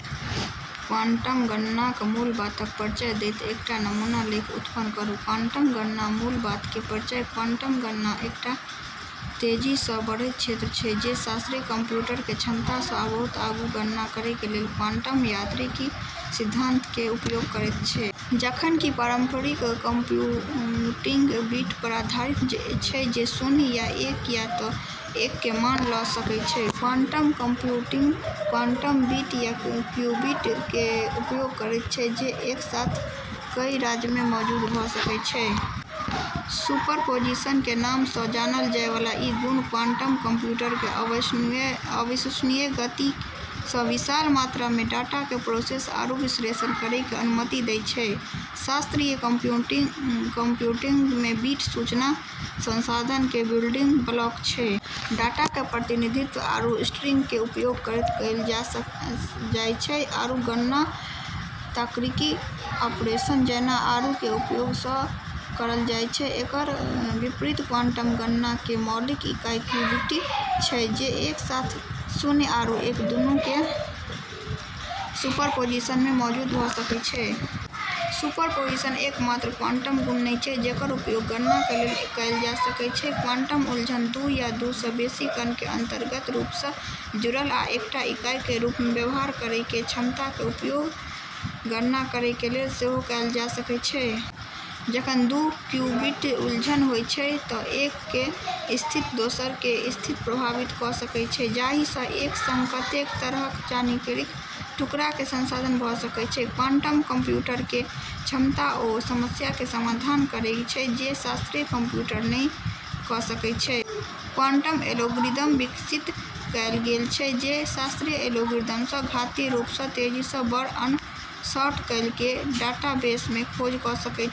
Quantum गणनाक मूल बातक परिचय दैत एकटा नमूना लेख उत्पन्न करू :- क्वांटम गणना: मूल बात के परिचय क्वांटम गणना एकटा तेजी सँ बढ़ैत क्षेत्र छै जे शास्त्रीय कंप्यूटर के क्षमता सँ बहुत आगू गणना करय के लेल क्वांटम यांत्रिकी के सिद्धांत के उपयोग करैत छै। जखन कि पारंपरिक कंप्यूटिंग बिट पर आधारित छै जे शून्य या एक या तऽ एक के मान लऽ सकय छै, क्वांटम कंप्यूटिंग क्वांटम बिट, या क्यूबिट के उपयोग करैत छै, जे एक साथ कई राज्य में मौजूद भऽ सकैत छै। सुपरपोजिशन के नाम सँ जानल जाय वाला ई गुण क्वांटम कंप्यूटर के अविश्वसनीय गति सँ विशाल मात्रा में डाटा के प्रोसेस आरू विश्लेषण करै के अनुमति दै छै। शास्त्रीय कंप्यूटिंग में बिट सूचना संसाधन के बिल्डिंग ब्लॉक छै। डाटा के प्रतिनिधित्व आरू स्ट्रिंग के उपयोग करैत कएल जाय छै, आरू गणना तार्किक ऑपरेशन जैना, आरू के उपयोग सँ करल जाय छै। एकर विपरीत क्वांटम गणना के मौलिक इकाई क्यूबिट छै, जे एक साथ शून्य आरू एक दूनू के सुपरपोजिशन में मौजूद भ' सकै छै। सुपरपोजिशन एकमात्र क्वांटम गुण नै छै जेकर उपयोग गणना के लेल कएल जा सकै छै। क्वांटम उलझन – दू या दू सँ बेसी कण के अंतरंग रूप सँ जुड़ल आ एकटा इकाई के रूप में व्यवहार करय के क्षमता - के उपयोग गणना करय के लेल सेहो कएल जा सकय छै। जखन दू क्यूबिट उलझल होय जाय छै तऽ एक के स्थिति दोसर के स्थिति प्रभावित क' सकै छै, जाहिसँ एक संग कतेक तरहक जानकारीक टुकड़ाके संसाधन भ' सकै छै। क्वांटम कंप्यूटर के क्षमता ओ समस्याके समाधान करैके छै जे शास्त्रीय कंप्यूटर नै क' सकै छै। क्वांटम एल्गोरिदम विकसित कएल गेल छै जे शास्त्रीय एल्गोरिदम सँ घातीय रूप सँ तेजी सँ बड़, अनसॉर्ट कएल गेल डाटाबेस में खोज क' सकै छै।